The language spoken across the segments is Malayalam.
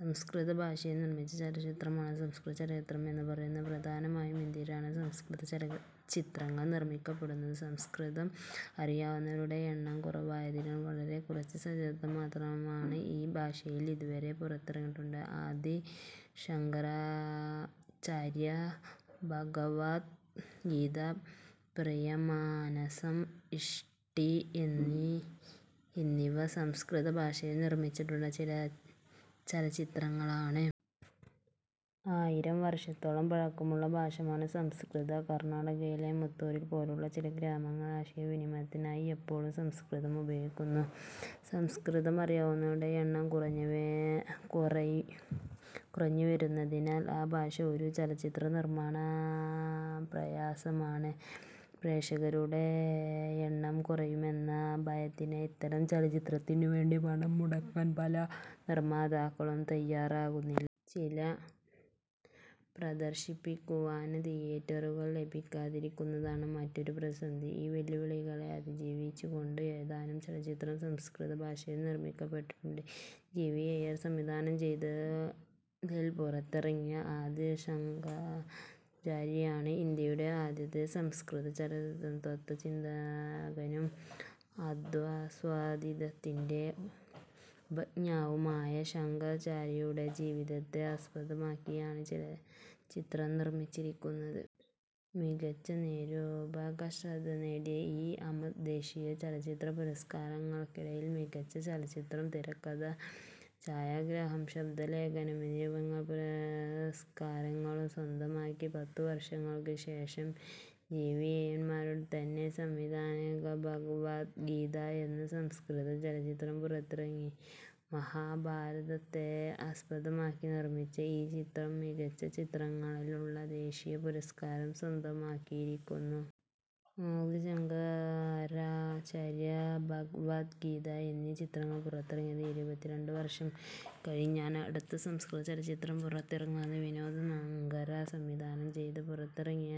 സംസ്കൃത ഭാഷയിൽ നിർമ്മിക്കുന്ന ചലച്ചിത്രത്തെയാണ് സംസ്കൃത ചലച്ചിത്രം എന്നുപറയുന്നത്. പ്രധാനമായും ഇന്ത്യയിലാണ് സംസ്കൃതചലച്ചിത്രങ്ങൾ നിർമ്മിക്കപ്പെടുന്നത്. സംസ്കൃതം അറിയാവുന്നവരുടെ എണ്ണം കുറവായതിനാൽ വളരെ കുറച്ച് ചലച്ചിത്രങ്ങൾ മാത്രമാണ് ഈ ഭാഷയിൽ ഇതുവരെ പുറത്തിറങ്ങിയിട്ടുള്ളത്. ആദി ശങ്കരാചാര്യ, ഭഗവദ് ഗീത, പ്രിയമാനസം, ഇഷ്ടി എന്നിവ സംസ്കൃത ഭാഷയിൽ നിർമ്മിച്ചിട്ടുള്ള ചില ചലച്ചിത്രങ്ങളാണ്. അയ്യായിരം വർഷത്തോളം പഴക്കമുള്ള ഭാഷയാണ് സംസ്കൃതം. കർണാടകയിലെ മത്തൂരു പോലുള്ള ചില ഗ്രാമങ്ങളിൽ ആശയവിനിമയത്തിനായി ഇപ്പോഴും സംസ്കൃതം ഉപയോഗിക്കുന്നുണ്ട്. സംസ്കൃതം അറിയാവുന്നവരുടെ എണ്ണം കുറഞ്ഞുവരുന്നതിനാൽ ആ ഭാഷയിൽ ഒരു ചലച്ചിത്രം നിർമ്മിക്കുക പ്രയാസമാണ്. പ്രേക്ഷകരുടെ എണ്ണം കുറയുമെന്ന ഭയത്താൽ ഇത്തരം ചിത്രങ്ങൾക്കു വേണ്ടി പണം മുടക്കാൻ പല നിർമ്മാതാക്കളും തയ്യാറാകുന്നില്ല. ചിത്രം പ്രദർശിപ്പിക്കുവാൻ തീയറ്ററുകൾ ലഭിക്കാതിരിക്കുന്നതാണ് മറ്റൊരു പ്രതിസന്ധി. ഈ വെല്ലുവിളികളെ അതിജീവിച്ചുകൊണ്ട് ഏതാനും ചലച്ചിത്രങ്ങൾ സംസ്കൃത ഭാഷയിൽ നിർമ്മിക്കപ്പെട്ടിട്ടുണ്ട്. ജി. വി. അയ്യർ സംവിധാനം ചെയ്ത് -ൽ പുറത്തിറങ്ങിയ ആദി ശങ്കരാചാര്യയാണ് ഇന്ത്യയിലെ ആദ്യത്തെ സംസ്കൃത ചലച്ചിത്രം. തത്വചിന്തകനും അദ്വൈതസിദ്ധാന്തത്തിന്റെ ഉപജ്ഞാതാവുമായ ശങ്കരാചാര്യരുടെ ജീവിതത്തെ ആസ്പദമാക്കിയാണ് ചിത്രം നിർമ്മിച്ചിരിക്കുന്നത്. മികച്ച നിരൂപകശ്രദ്ധ നേടിയ ഈ -ആമത് ദേശീയ ചലച്ചിത്ര പുരസ്കാരദാനച്ചടങ്ങിൽ മികച്ച ചലച്ചിത്രം, തിരക്കഥ, ഛായാഗ്രഹണം, ശബ്ദലേഖനം എന്നീ വിഭാഗങ്ങളിലെ പുരസ്കാരങ്ങളും സ്വന്തമാക്കി. പത്തുവർഷങ്ങൾക്കു ശേഷം ജി. വി. അയ്യരുടെ തന്നെ സംവിധാനത്തിൽ ഭഗവദ് ഗീത എന്ന സംസ്കൃത ചലച്ചിത്രം പുറത്തിറങ്ങി. മഹാഭാരതത്തെ ആസ്പദമാക്കി നിർമ്മിച്ച ഈ ചിത്രവും മികച്ച ചലച്ചിത്രത്തിനുള്ള ദേശീയ പുരസ്കാരം സ്വന്തമാക്കിയിരുന്നു. ആദി ശങ്കരാചാര്യ, ഭഗവദ് ഗീത എന്നീ ചിത്രങ്ങൾ പുറത്തിറങ്ങി ഇരുപത്തിരണ്ട് വർഷം കഴിഞ്ഞാണ് അടുത്ത സംസ്കൃതചലച്ചിത്രം പുറത്തിറങ്ങുന്നത്. വിനോദ് മങ്കര സംവിധാനം ചെയ്ത് പുറത്തിറങ്ങിയ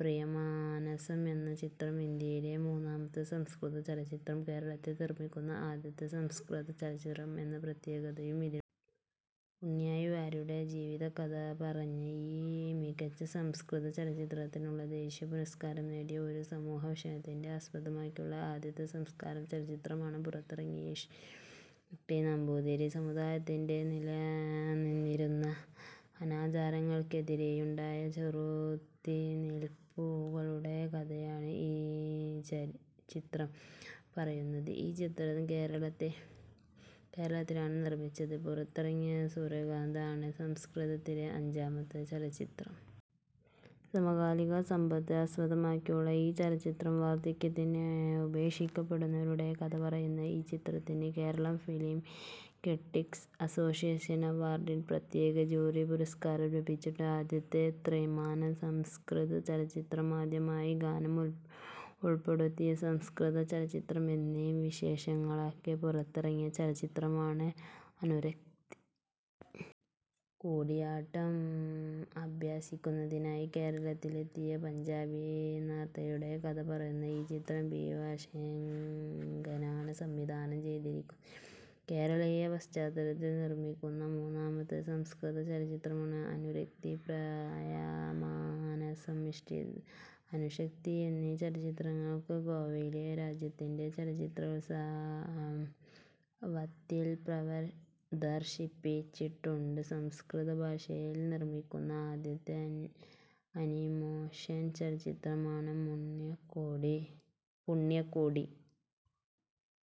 പ്രിയമാനസം എന്ന ചിത്രമാണ് ഇന്ത്യയിലെ മൂന്നാമത്തെ സംസ്കൃത ചലച്ചിത്രം. കേരളത്തിൽ നിർമ്മിക്കുന്ന ആദ്യത്തെ സംസ്കൃത ചലച്ചിത്രം എന്ന പ്രത്യേകതയും ഇതിനുണ്ട്. ഉണ്ണായി വാര്യരുടെ ജീവിതകഥ പറഞ്ഞ ഈ മികച്ച സംസ്കൃത ചലച്ചിത്രത്തിനുള്ള ദേശീയ പുരസ്കാരവും നേടിയിരുന്നു. ഒരു സാമൂഹ്യ വിഷയത്തെ ആസ്പദമാക്കിയുള്ള ആദ്യത്തെ സംസ്കൃത ചലച്ചിത്രമാണ് പുറത്തിറങ്ങിയ ഇഷ്ടി. നമ്പൂതിരി സമുദായത്തിൽനിലനിന്നിരുന്ന അനാചാരങ്ങൾക്കെതിരെയുണ്ടായ ചെറുത്തുനിൽപ്പുകളുടെ കഥയാണ് ഈ ചിത്രം പറയുന്നത്. ഈ ചിത്രവും കേരളത്തിലാണ് നിർമ്മിച്ചത്. പുറത്തിറങ്ങിയ സൂര്യകാന്തഃ ആണ് സംസ്കൃതത്തിലെ അഞ്ചാമത്തെ ചലച്ചിത്രം. സമകാലിക സംഭവത്തെ ആസ്പദമാക്കിയുള്ള ഈ ചലച്ചിത്രം, വാർദ്ധക്യത്തിൽ ഉപേക്ഷിക്കപ്പെടുന്നവരുടെ കഥപറയുന്നു. ഈ ചിത്രത്തിന് കേരള ഫിലിം ക്രിട്ടിക്സ് അസോസിയേഷൻ അവാർഡ്സിൽ പ്രത്യേക ജൂറി പുരസ്കാരം ലഭിച്ചിരുന്നു. ആദ്യത്തെ ത്രിമാന സംസ്കൃത ചലച്ചിത്രം, ആദ്യമായി ഗാനം ഉൾപ്പെടുത്തിയ സംസ്കൃത ചലച്ചിത്രം എന്നീ വിശേഷണങ്ങളോടെ പുറത്തിറങ്ങിയ ചലച്ചിത്രമാണ് അനുരക്തി. കൂടിയാട്ടം അഭ്യസിക്കുന്നതിനായി കേരളത്തിലെത്തിയ പഞ്ചാബി നർത്തകിയുടെ കഥ പറയുന്ന ഈ ചിത്രം പി. കെ. അശോകനാണ് സംവിധാനം ചെയ്തതിരിക്കുന്നത്. കേരളീയ പശ്ചാത്തലത്തിൽ നിർമ്മിക്കുന്ന മൂന്നാമത്തെ സംസ്കൃതചലച്ചിത്രമാണ് അനുരക്തി. പ്രിയമാനസം, ഇഷ്ടി, അനുരക്തി എന്നീ ചലച്ചിത്രങ്ങൾ ഗോവയിലെ രാജ്യാന്തര ചലച്ചിത്രോത്സവത്തിൽ പ്രദർശിപ്പിച്ചിട്ടുണ്ട്. സംസ്കൃത ഭാഷയിൽ നിർമ്മിക്കുന്ന ആദ്യത്തെ അനിമേഷൻ ചലച്ചിത്രമാണ് പുണ്യകോടി.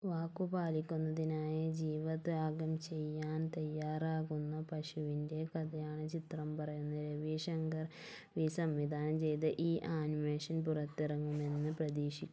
വാക്കുപാലിക്കുന്നതിനായി ജീവത്യാഗം ചെയ്യാൻതയ്യാറാകുന്ന പശുവിന്‍റെ കഥയാണ് ചിത്രം പറയുന്നത്. രവി ശങ്കർ വി. സംവിധാനം ചെയ്ത ഈ അനിമേഷൻ പുറത്തിറങ്ങുമെന്ന് പ്രതീക്ഷിക്കു